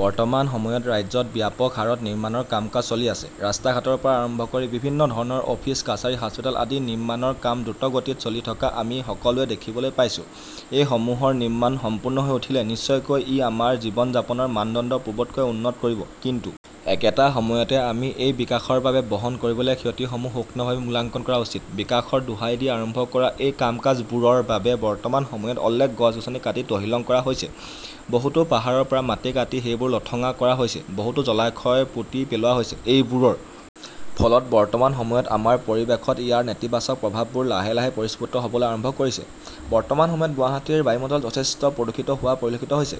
বৰ্তমান সময়ত ৰাজ্যত ব্যাপক হাৰত নিৰ্মাণৰ কাম-কাজ চলি আছে। ৰাস্তা-ঘাটৰ পৰা আৰম্ভ কৰি বিভিন্ন ধৰণৰ অফিচ-কাছাৰী হাস্পতাল আদি নিৰ্মাণৰ কাম দ্ৰুতগতিত চলি থকা আমি সকলোৱে দেখিবলৈ পাইছো। এই সমূহৰ নিৰ্মাণ সম্পূৰ্ণ হৈ উঠিলে নিশ্চয়কৈ ই আমাৰ জীৱন-যাপনৰ মানদণ্ড পূৰ্বতকৈ উন্নত কৰিব। কিন্তু একেটা সময়তে আমি এই বিকাশৰ বাবে বহন কৰিবলগীয়া ক্ষতিসমূহৰো সুক্ষ্মভাৱে মূল্যাংকন কৰা উচিত। বিকাশৰ দোহাই দি আৰম্ভ কৰা এই কাম-কাজবোৰৰ বাবে বৰ্তমান সময়ত অলেখ গছ-গছনি কাটি তহিলং কৰা হৈছে, বহুতো পাহাৰৰ পৰা মাটি কাটি সেইবোৰ লঠঙা কৰা হৈছে, বহুতো জলাশয় পুতি পেলোৱা হৈছে। এইবোৰৰ ফলত বৰ্তমান সময়ত আমাৰ পৰিৱেশত ইয়াৰ নেতিবাচক প্ৰভাৱবোৰ লাহে লাহে পৰিস্ফুত হ'বলৈ আৰম্ভ কৰিছে। বৰ্তমান সময়ত গুৱাহাটীৰ বায়ুমণ্ডল যথেষ্ট প্ৰদূষিত হোৱা পৰিলক্ষিত হৈছে।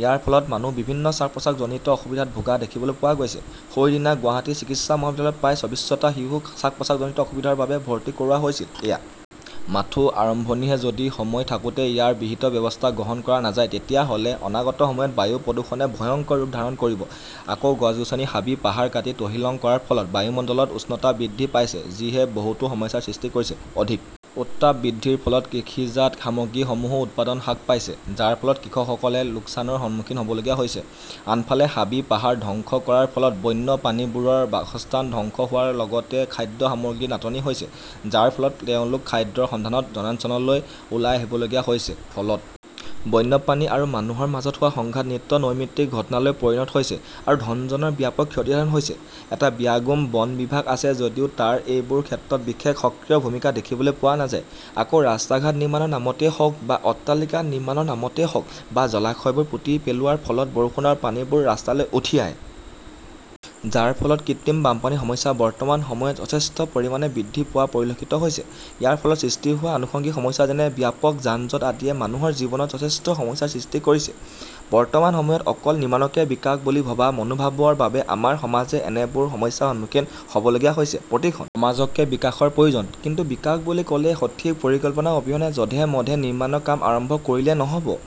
ইয়াৰ ফলত মানুহ বিভিন্ন শ্বাস-প্ৰশ্বাসজনিত অসুবিধাত ভোগা দেখিবলৈ পোৱা গৈছে। সৌ সিদিনা গুৱাহাটী চিকিৎসা মহাবিদ্যালয়ত প্ৰায় ছবিছটা শিশুক শ্বাস-প্ৰশ্বাসজনিত অসুবিধাৰ বাবে ভৰ্তি কৰোৱা হৈছিল। এয়া মাথো আৰম্ভণিহে যদি সময় থাকোতে ইয়াৰ বিহিত ব্যৱস্থা গ্ৰহণ কৰা নাযায় তেতিয়াহ'লে অনাগত সময়ত বায়ু প্ৰদূষণে ভয়ংকৰ ৰূপ ধাৰণ কৰিব। আকৌ গছ-গছনি হাবি-পাহাৰ কাটি তহিলং কৰাৰ ফলত বায়ুমণ্ডলত উষ্ণতা বৃদ্ধি পাইছে, যিয়ে বহুতো সমস্যাৰ সৃষ্টি কৰিছে। অধিক উত্তাপ বৃদ্ধিৰ ফলত কৃষিজাত সামগ্ৰীসমূহৰো উৎপাদন হ্ৰাস পাইছে, যাৰ ফলত কৃষকসকলে লোকচানৰ সন্মুখীন হবলগীয়া হৈছে। আনফালে হাবি-পাহাৰ ধ্বংস কৰাৰ ফলত বন্য প্ৰাণীবোৰৰ বাসস্থান ধ্বংস হোৱাৰ লগতে, খাদ্য সামগ্ৰীৰ নাটনি হৈছে, যাৰ ফলত তেওঁলোক খাদ্যৰ সন্ধানত জনানঞ্চললৈ ওলাই আহিবলগীয়া হৈছে। ফলত বন্যপ্ৰাণী আৰু মানুহৰ মাজত হোৱা সংঘাত নিত্য নৈমিত্তিক ঘটনালৈ পৰিণত হৈছে আৰু ধনজনৰ ব্যাপক ক্ষতিসাধন হৈছে। এটা বিয়াগোম বন বিভাগ আছে যদিও তাৰ এইবোৰ ক্ষেত্ৰত বিশেষ সক্ৰিয় ভূমিকা দেখিবলৈ পোৱা নাযায়। আকৌ ৰাস্তা-ঘাট নিৰ্মাণৰ নামতেই হওঁক বা অট্টালিকা নিৰ্মাণৰ নামতেই হওঁক বা জলাশয়বোৰ পুতি পেলোৱাৰ ফলত বৰষুণৰ পানীবোৰ ৰাস্তালৈ উঠি আহে। যাৰ ফলত কৃত্ৰিম বানপানীৰ সমস্যা বৰ্তমান সময়ত যথেষ্ট পৰিমাণে বৃদ্ধি পোৱা পৰিলক্ষিত হৈছে। ইয়াৰ ফলত সৃষ্টি হোৱা আনুসংগিক সমস্যা যেনে: ব্যাপক যানজঁট আদিয়ে মানুহৰ জীৱনত যথেষ্ট সমস্যাৰ সৃষ্টি কৰিছে। বৰ্তমান সময়ত অকল নিৰ্মাণকে বিকাশ বুলি ভবা মনোভাৱৰ বাবে আমাৰ সমাজে এনেবোৰ সমস্যাৰ সন্মুখীন হ'বলগীয়া হৈছে। প্ৰতিখন সমাজকে বিকাশৰ প্ৰয়োজন, কিন্তু বিকাশ বুলি ক'লেই সঠিক পৰিকল্পনা অবিহনে যধে-মধে নিৰ্মাণৰ কাম আৰম্ভ কৰিলে নহ'ব।